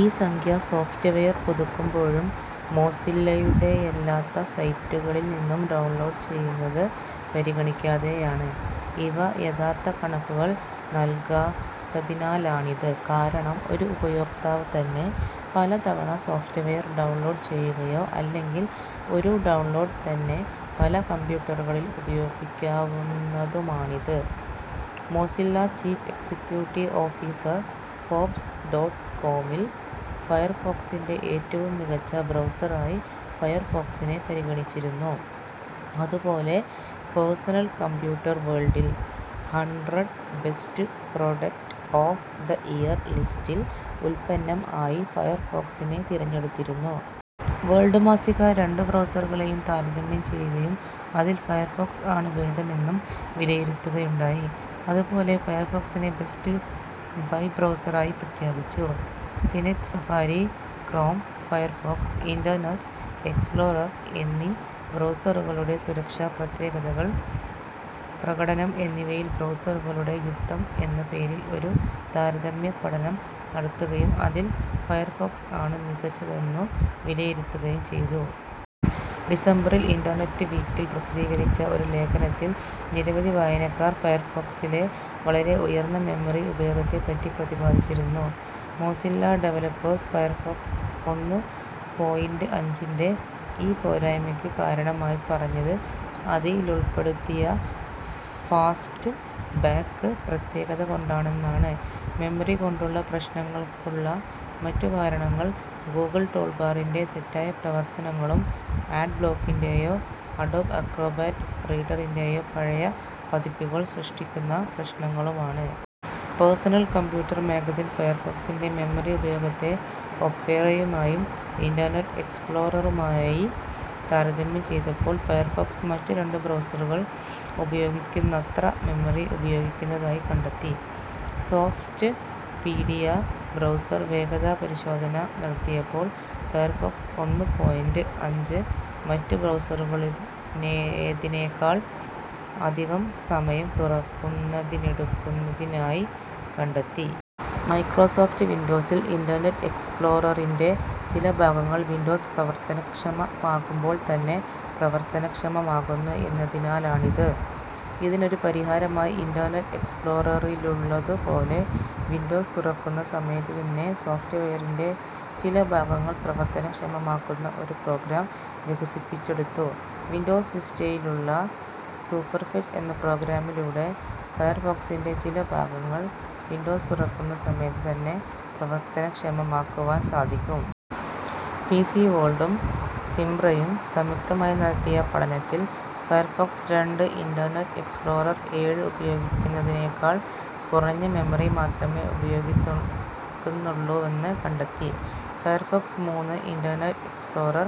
ഈ സംഖ്യ സോഫ്റ്റ്‌വെയർ പുതുക്കുമ്പോഴും, മോസില്ലയുടെയല്ലാത്ത സൈറ്റുകളിൽ നിന്നും ഡൗൺലോഡ് ചെയ്യുന്നത് പരിഗണിക്കാതെയാണ്. ഇവ യഥാർത്ഥ കണക്കുകൾ നൽകാത്തതിനാലാണിത്, കാരണം ഒരു ഉപയോക്താവ് തന്നെ പലതവണ സോഫ്റ്റ്‌വെയർ ഡൗൺലോഡ് ചെയ്യുകയോ അല്ലെങ്കിൽ ഒരു ഡൗൺലോഡ് തന്നെ പല കമ്പ്യൂട്ടറുകളിൽ ഉപയോഗിക്കാവുന്നതുമാണിത്. Mozilla chief executive officer Forbes dot കോമിൽ ഫയർഫോക്സിൻ്റെ ഏറ്റവും മികച്ച ബ്രൗസറായി ഫയർഫോക്സിനെ പരിഗണിച്ചിരുന്നു, അതുപോലെ പേഴ്സണൽ കമ്പ്യൂട്ടർ വേൾഡിൽ "hundred best product of the year" ലിസ്റ്റിൽ ഉൽപ്പന്നം ആയി ഫയർഫോക്സിനെ തിരഞ്ഞെടുത്തിരുന്നു. വേൾഡ് മാസിക രണ്ടു ബ്രൗസറുകളെയും താരതമ്യം ചെയ്യുകയും അതിൽ ഫയർഫോക്സ് ആണ് ഭേദമെന്നും വിലയിരുത്തുകയുണ്ടായി. അതുപോലെ ഫയർഫോക്സിനെ ബെസ്റ്റ് ബൈ ബ്രൗസറായി പ്രഖ്യാപിച്ചു. CNET Safari, Chrome, Firefox, Internet Explorer എന്നീ ബ്രൗസറുകളുടെ സുരക്ഷ പ്രത്യേകതകൾ പ്രകടനം എന്നിവയിൽ ബ്രൗസറുകളുടെ യുദ്ധം എന്ന പേരിൽ ഒരു താരതമ്യപഠനം നടത്തുകയും അതിൽ ഫയർഫോക്സ് ആണു മികച്ചതെന്നു വിലയിരുത്തുകയും ചെയ്തു. ഡിസംബറിൽ ഇൻ്റർനെറ്റ് വീക്കിൽ പ്രസിദ്ധീകരിച്ച ഒരു ലേഖനത്തിൽ നിരവധി വായനക്കാർ ഫയർഫോക്സിലെ വളരെ ഉയർന്ന മെമ്മറി ഉപയോഗത്തെ പറ്റി പ്രതിപാദിച്ചിരുന്നു. മോസില്ല ഡെവലപ്പേർസ് ഫയർഫോക്സ് ഒന്ന് പോയിൻ്റ് അഞ്ചിൻ്റെ ഈ പോരായ്മക്കു കാരണമായി പറഞ്ഞത് അതിലുൾപ്പെടുത്തിയ ഫാസ്റ്റ്ബാക്ക് പ്രത്യേകത കൊണ്ടാണെന്നാണ്. മെമ്മറി കൊണ്ടുള്ള പ്രശ്നങ്ങൾക്കുള്ള മറ്റു കാരണങ്ങൾ ഗൂഗിൾ ടൂൾബാറിൻ്റെ തെറ്റായ പ്രവർത്തനങ്ങളും, ആഡ്ബ്ലോക്കിൻ്റെയോ, അഡോബ് അക്രോബാറ്റ് റീഡറിൻ്റെയോ പഴയ പതിപ്പുകൾ സൃഷ്ടിക്കുന്ന പ്രശ്നങ്ങളുമാണ്. പേഴ്സണൽ കമ്പ്യൂട്ടർ മാഗസിൻ ഫയർഫോക്സിൻ്റെ മെമ്മറി ഉപയോഗത്തെ ഒപേറയുമായും ഇൻ്റർനെറ്റ് എക്സ്പ്ലോററുമായി താരതമ്യം ചെയ്തപ്പോൾ ഫയർഫോക്സ് മറ്റു രണ്ടു ബ്രൗസറുകൾ ഉപയോഗിക്കുന്നത്ര മെമ്മറി ഉപയോഗിക്കുന്നതായി കണ്ടെത്തി. സോഫ്റ്റ്പീഡിയ ബ്രൗസർ വേഗതാ പരിശോധന നടത്തിയപ്പോൾ ഫയർഫോക്സ് ഒന്ന് പോയിൻ്റ് അഞ്ച് മറ്റു ബ്രൗസറുകളേതിനേക്കാൾ അധികം സമയം തുറക്കുന്നതിനെടുക്കുന്നതിനായി കണ്ടെത്തി. മൈക്രോസോഫ്റ്റ് വിൻഡോസിൽ ഇൻ്റർനെറ്റ് എക്സ്പ്ലോററിൻ്റെ ചില ഭാഗങ്ങൾ വിൻഡോസ് പ്രവർത്തനക്ഷമമാകുമ്പോൾ തന്നെ പ്രവർത്തനക്ഷമമാകുന്നു എന്നതിനാലാണിത്. ഇതിനൊരു പരിഹാരമായി ഇൻ്റർനെറ്റ് എക്സ്പ്ലോററിലുള്ളതു പോലെ, വിൻഡോസ് തുറക്കുന്ന സമയത്തു തന്നെ സോഫ്റ്റ്‌വെയറിൻ്റെ ചില ഭാഗങ്ങൾ പ്രവർത്തനക്ഷമമാക്കുന്ന ഒരു പ്രോഗ്രാം വികസിപ്പിച്ചെടുത്തു. വിൻഡോസ് വിസ്റ്റയിലുള്ള സൂപ്പർഫെച്ച് എന്ന പ്രോഗ്രാമിലൂടെ ഫയർഫോക്സിൻ്റെ ചില ഭാഗങ്ങൾ വിൻഡോസ് തുറക്കുന്ന സമയത്ത് തന്നെ പ്രവർത്തനക്ഷമമാക്കുവാൻ സാധിക്കും. പി. സി. വേൾഡും സിംബ്രയും സംയുക്തമായി നടത്തിയ പഠനത്തിൽ ഫയർഫോക്സ് രണ്ട്, ഇൻ്റർനെറ്റ് എക്സ്പ്ലൊറർ ഏഴ് ഉപയോഗിക്കുന്നതിനേക്കാൾ കുറഞ്ഞ മെമ്മറി മാത്രമേ ഉപയോഗിക്കുന്നുള്ളൂവെന്ന് കണ്ടെത്തി. ഫയർഫോക്സ് മൂന്ന് Internet Explorer,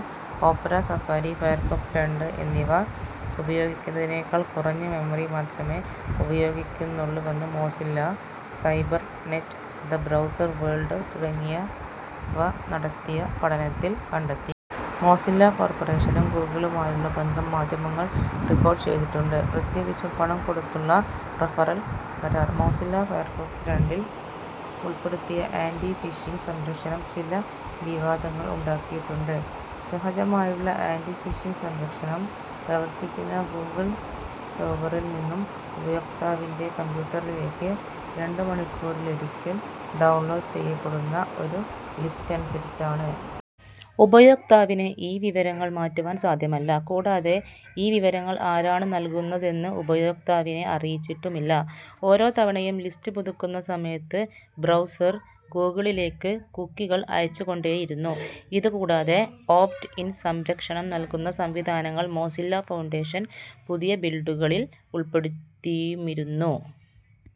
Opera, Safari, Firefox രണ്ട് എന്നിവ ഉപയോഗിക്കുന്നതിനേക്കാൾ കുറഞ്ഞ മെമ്മറി മാത്രമേ ഉപയോഗിക്കുന്നുള്ളുവെന്ന് Mozilla, Cybernet, the Browser World തുടങ്ങിയവ നടത്തിയ പഠനത്തിൽ കണ്ടെത്തി. മോസില്ല കോർപ്പറേഷനും ഗൂഗിളുമായുള്ള ബന്ധം മാധ്യമങ്ങൾ റിപ്പോർട്ട് ചെയ്തിട്ടുണ്ട്, പ്രത്യേകിച്ചും പണം കൊടുത്തുള്ള റഫറൽ കരാർ. മോസില്ല ഫയർഫോക്സ് രണ്ടിൽ ഉൾപ്പെടുത്തിയ ആൻ്റി ഫിഷിങ്ങ് സംരക്ഷണം ചില വിവാദങ്ങൾ ഉണ്ടാക്കിയിട്ടുണ്ട്.: സഹജമായുള്ള ആൻ്റി ഫിഷിങ്ങ് സംരക്ഷണം പ്രവർത്തിക്കുന്ന ഗൂഗിൾ സെർവറിൽ നിന്നും ഉപയോക്താവിന്റെ കമ്പ്യൂട്ടറിലേക്ക് രണ്ടു മണിക്കൂറിലൊരിക്കൽ ഡൗൺലോഡ് ചെയ്യപ്പെടുന്ന ഒരു ലിസ്റ്റ് അനുസരിച്ചാണ്. ഉപയോക്താവിനു ഈ വിവരങ്ങൾ മാറ്റുവാൻ സാദ്ധ്യമല്ല, കൂടാതെ ഈ വിവരങ്ങൾ ആരാണു നൽകുന്നതെന്ന് ഉപയോക്താവിനെ അറിയിച്ചിട്ടുമില്ല. ഓരോ തവണയും ലിസ്റ്റ് പുതുക്കുന്ന സമയത്ത് ബ്രൗസർ ഗൂഗിളിലേക്ക് കുക്കികൾ അയച്ചു കൊണ്ടേയിരുന്നു. ഇതു കൂടാതെ, ഓപ്റ്റ് -ഇൻ സംരക്ഷണം നൽകുന്ന സംവിധാനങ്ങൾ മോസില്ല ഫൗണ്ടേഷൻ പുതിയ ബിൽഡുകളിൽ ഉൾപ്പെടുത്തിയുമിരുന്നു.